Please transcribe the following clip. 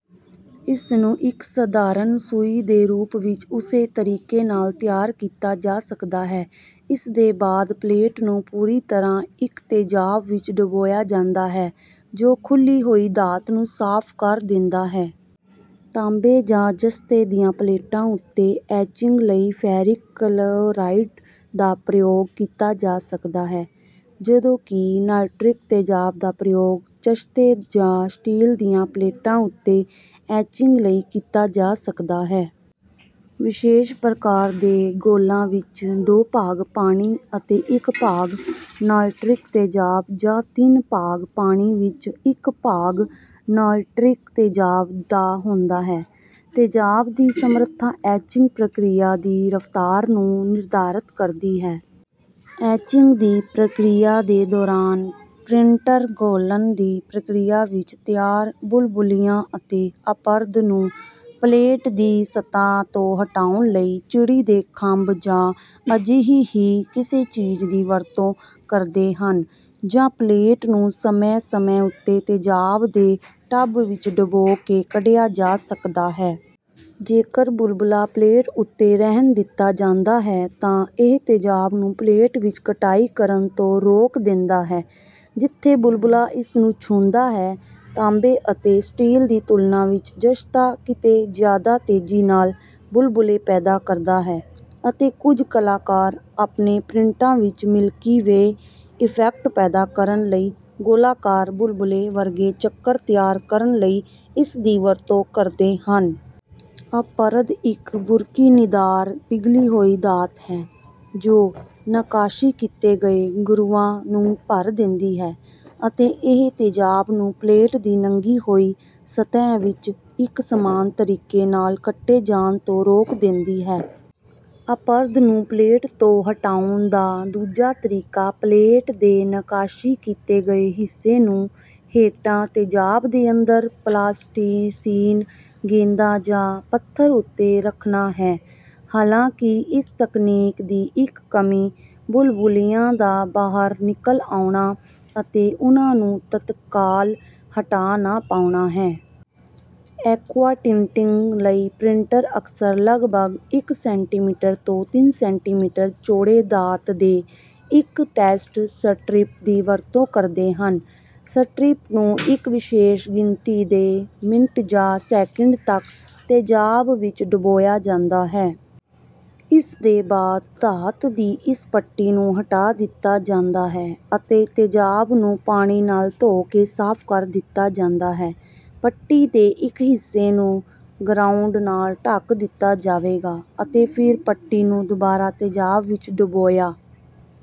ਇਸਨੂੰ ਇੱਕ ਸਧਾਰਨ ਸੂਈ ਦੇ ਰੂਪ ਵਿੱਚ ਉਸੇ ਤਰੀਕੇ ਨਾਲ ਤਿਆਰ ਕੀਤਾ ਜਾ ਸਕਦਾ ਹੈ। ਇਸਦੇ ਬਾਅਦ ਪਲੇਟ ਨੂੰ ਪੂਰੀ ਤਰ੍ਹਾਂ ਇੱਕ ਤੇਜ਼ਾਬ ਵਿੱਚ ਡੁਬੋਇਆ ਜਾਂਦਾ ਹੈ, ਜੋ ਖੁੱਲ੍ਹੀ ਹੋਈ ਧਾਤ ਨੂੰ ਸਾਫ਼ ਕਰ ਦਿੰਦਾ ਹੈ। ਤਾਂਬੇ ਜਾਂ ਜ਼ਸਤੇ ਦੀਆਂ ਪਲੇਟਾਂ ਉੱਤੇ ਐਚਿੰਗ ਲਈ ਫੈਰਿਕ ਕਲੋਰਾਈਡ ਦਾ ਪ੍ਰਯੋਗ ਕੀਤਾ ਜਾ ਸਕਦਾ ਹੈ, ਜਦੋਂ ਕਿ ਨਾਈਟ੍ਰਿਕ ਤੇਜ਼ਾਬ ਦਾ ਪ੍ਰਯੋਗ ਜ਼ਸਤੇ ਜਾਂ ਸਟੀਲ ਦੀਆਂ ਪਲੇਟਾਂ ਉੱਤੇ ਐਚਿੰਗ ਲਈ ਕੀਤਾ ਜਾ ਸਕਦਾ ਹੈ। ਵਿਸ਼ੇਸ਼ ਪ੍ਰਕਾਰ ਦੇ ਘੋਲਾਂ ਵਿੱਚ ਦੋ ਭਾਗ ਪਾਣੀ ਅਤੇ ਇੱਕ ਭਾਗ ਨਾਈਟ੍ਰਿਕ ਤੇਜ਼ਾਬ, ਜਾਂ ਤਿੰਨ ਭਾਗ ਪਾਣੀ ਵਿੱਚ ਇੱਕ ਭਾਗ ਨਾਈਟ੍ਰਿਕ ਤੇਜ਼ਾਬ ਦਾ ਹੁੰਦਾ ਹੈ। ਤੇਜ਼ਾਬ ਦੀ ਸਮਰੱਥਾ ਐਚਿੰਗ ਪ੍ਰਕਿਰਿਆ ਦੀ ਰਫ਼ਤਾਰ ਨੂੰ ਨਿਰਧਾਰਤ ਕਰਦੀ ਹੈ। ਐਚਿੰਗ ਦੀ ਪ੍ਰਕਿਰਿਆ ਦੇ ਦੌਰਾਨ ਪ੍ਰਿੰਟਰ ਘੋਲਣ ਦੀ ਪ੍ਰਕਿਰਿਆ ਵਿੱਚ ਤਿਆਰ ਬੁਲਬੁਲਿਆਂ ਅਤੇ ਅਪਰਦ ਨੂੰ ਪਲੇਟ ਦੀ ਸਤ੍ਹਾ ਤੋਂ ਹਟਾਉਣ ਲਈ ਚਿੜੀ ਦੇ ਖੰਭ ਜਾਂ ਅਜਿਹੀ ਹੀ ਕਿਸੇ ਚੀਜ਼ ਦੀ ਵਰਤੋਂ ਕਰਦੇ ਹਨ, ਜਾਂ ਪਲੇਟ ਨੂੰ ਸਮੇਂ-ਸਮੇਂ ਉੱਤੇ ਤੇਜ਼ਾਬ ਦੇ ਟਬ ਵਿੱਚ ਡੁਬੋ ਕੇ ਕੱਢਿਆ ਜਾ ਸਕਦਾ ਹੈ। ਜੇਕਰ ਬੁਲਬੁਲਾ ਪਲੇਟ ਉੱਤੇ ਰਹਿਣ ਦਿੱਤਾ ਜਾਂਦਾ ਹੈ ਤਾਂ ਇਹ ਤੇਜ਼ਾਬ ਨੂੰ ਪਲੇਟ ਵਿੱਚ ਕਟਾਈ ਕਰਨ ਤੋਂ ਰੋਕ ਦਿੰਦਾ ਹੈ, ਜਿੱਥੇ ਬੁਲਬੁਲਾ ਇਸਨੂੰ ਛੂੰਹਦਾ ਹੈ। ਤਾਂਬੇ ਅਤੇ ਸਟੀਲ ਦੀ ਤੁਲਨਾ ਵਿੱਚ ਜ਼ਸਤਾ ਕਿਤੇ ਜ਼ਿਆਦਾ ਤੇਜ਼ੀ ਨਾਲ ਬੁਲਬੁਲੇ ਪੈਦਾ ਕਰਦਾ ਹੈ, ਅਤੇ ਕੁਝ ਕਲਾਕਾਰ ਆਪਣੇ ਪ੍ਰਿੰਟਾਂ ਵਿੱਚ "ਮਿਲਕੀ ਵੇ" ਇਫੈਕਟ ਪੈਦਾ ਕਰਨ ਲਈ ਗੋਲਾਕਾਰ ਬੁਲਬੁਲੇ ਵਰਗੇ ਚੱਕਰ ਤਿਆਰ ਕਰਨ ਲਈ ਇਸਦੀ ਵਰਤੋਂ ਕਰਦੇ ਹਨ। ਅਪਰਦ ਇੱਕ ਬੁਰਕੀਨੀਦਾਰ ਪਿਘਲੀ ਹੋਈ ਧਾਤ ਹੈ, ਜੋ ਨੱਕਾਸ਼ੀ ਕੀਤੇ ਗਏ ਗਰੂਵਾਂ ਨੂੰ ਭਰ ਦਿੰਦੀ ਹੈ ਅਤੇ ਇਹ ਤੇਜ਼ਾਬ ਨੂੰ ਪਲੇਟ ਦੀ ਨੰਗੀ ਹੋਈ ਸਤਹ ਵਿੱਚ ਇੱਕ ਸਮਾਨ ਤਰੀਕੇ ਨਾਲ ਕੱਟੇ ਜਾਣ ਤੋਂ ਰੋਕ ਦਿੰਦੀ ਹੈ। ਅਪਰਦ ਨੂੰ ਪਲੇਟ ਤੋਂ ਹਟਾਉਣ ਦਾ ਦੂਜਾ ਤਰੀਕਾ ਪਲੇਟ ਦੇ ਨੱਕਾਸ਼ੀ ਕੀਤੇ ਗਏ ਹਿੱਸੇ ਨੂੰ ਹੇਠਾਂ ਤੇਜ਼ਾਬ ਦੇ ਅੰਦਰ ਪਲਾਸਟੀਸੀਨ ਗੇਂਦਾਂ ਜਾਂ ਪੱਥਰ ਉੱਤੇ ਰੱਖਣਾ ਹੈ, ਹਾਲਾਂਕਿ ਇਸ ਤਕਨੀਕ ਦੀ ਇੱਕ ਕਮੀ ਬੁਲਬੁਲਿਆਂ ਦਾ ਬਾਹਰ ਨਿਕਲ ਆਉਣਾ ਅਤੇ ਉਨ੍ਹਾਂ ਨੂੰ ਤਤਕਾਲ ਹਟਾ ਨਾ ਪਾਉਣਾ ਹੈ। ਐਕੁਆਟਿੰਟਿੰਗ ਲਈ ਪ੍ਰਿੰਟਰ ਅਕਸਰ ਲਗਭਗ ਇੱਕ ਸੈਂਟੀਮੀਟਰ ਤੋਂ ਤਿੰਨ ਸੈਂਟੀਮੀਟਰ ਚੌੜੇ ਧਾਤ ਦੇ ਇੱਕ ਟੈਸਟ ਸਟਰਿਪ ਦੀ ਵਰਤੋਂ ਕਰਦੇ ਹਨ। ਸਟਰਿਪ ਨੂੰ ਇੱਕ ਵਿਸ਼ੇਸ਼ ਗਿਣਤੀ ਦੇ ਮਿੰਟ ਜਾਂ ਸੈਕੰਡ ਤੱਕ ਤੇਜ਼ਾਬ ਵਿੱਚ ਡੁਬੋਇਆ ਜਾਂਦਾ ਹੈ। ਇਸਦੇ ਬਾਅਦ ਧਾਤ ਦੀ ਇਸ ਪੱਟੀ ਨੂੰ ਹਟਾ ਦਿੱਤਾ ਜਾਂਦਾ ਹੈ ਅਤੇ ਤੇਜ਼ਾਬ ਨੂੰ ਪਾਣੀ ਨਾਲ ਧੋ ਕੇ ਸਾਫ਼ ਕਰ ਦਿੱਤਾ ਜਾਂਦਾ ਹੈ। ਪੱਟੀ ਦੇ ਇੱਕ ਹਿੱਸੇ ਨੂੰ ਗਰਾਉਂਡ ਨਾਲ ਢਕ ਦਿੱਤਾ ਜਾਵੇਗਾ ਅਤੇ ਫਿਰ ਪੱਟੀ ਨੂੰ ਦੁਬਾਰਾ ਤੇਜ਼ਾਬ ਵਿੱਚ ਡੁਬੋਇਆ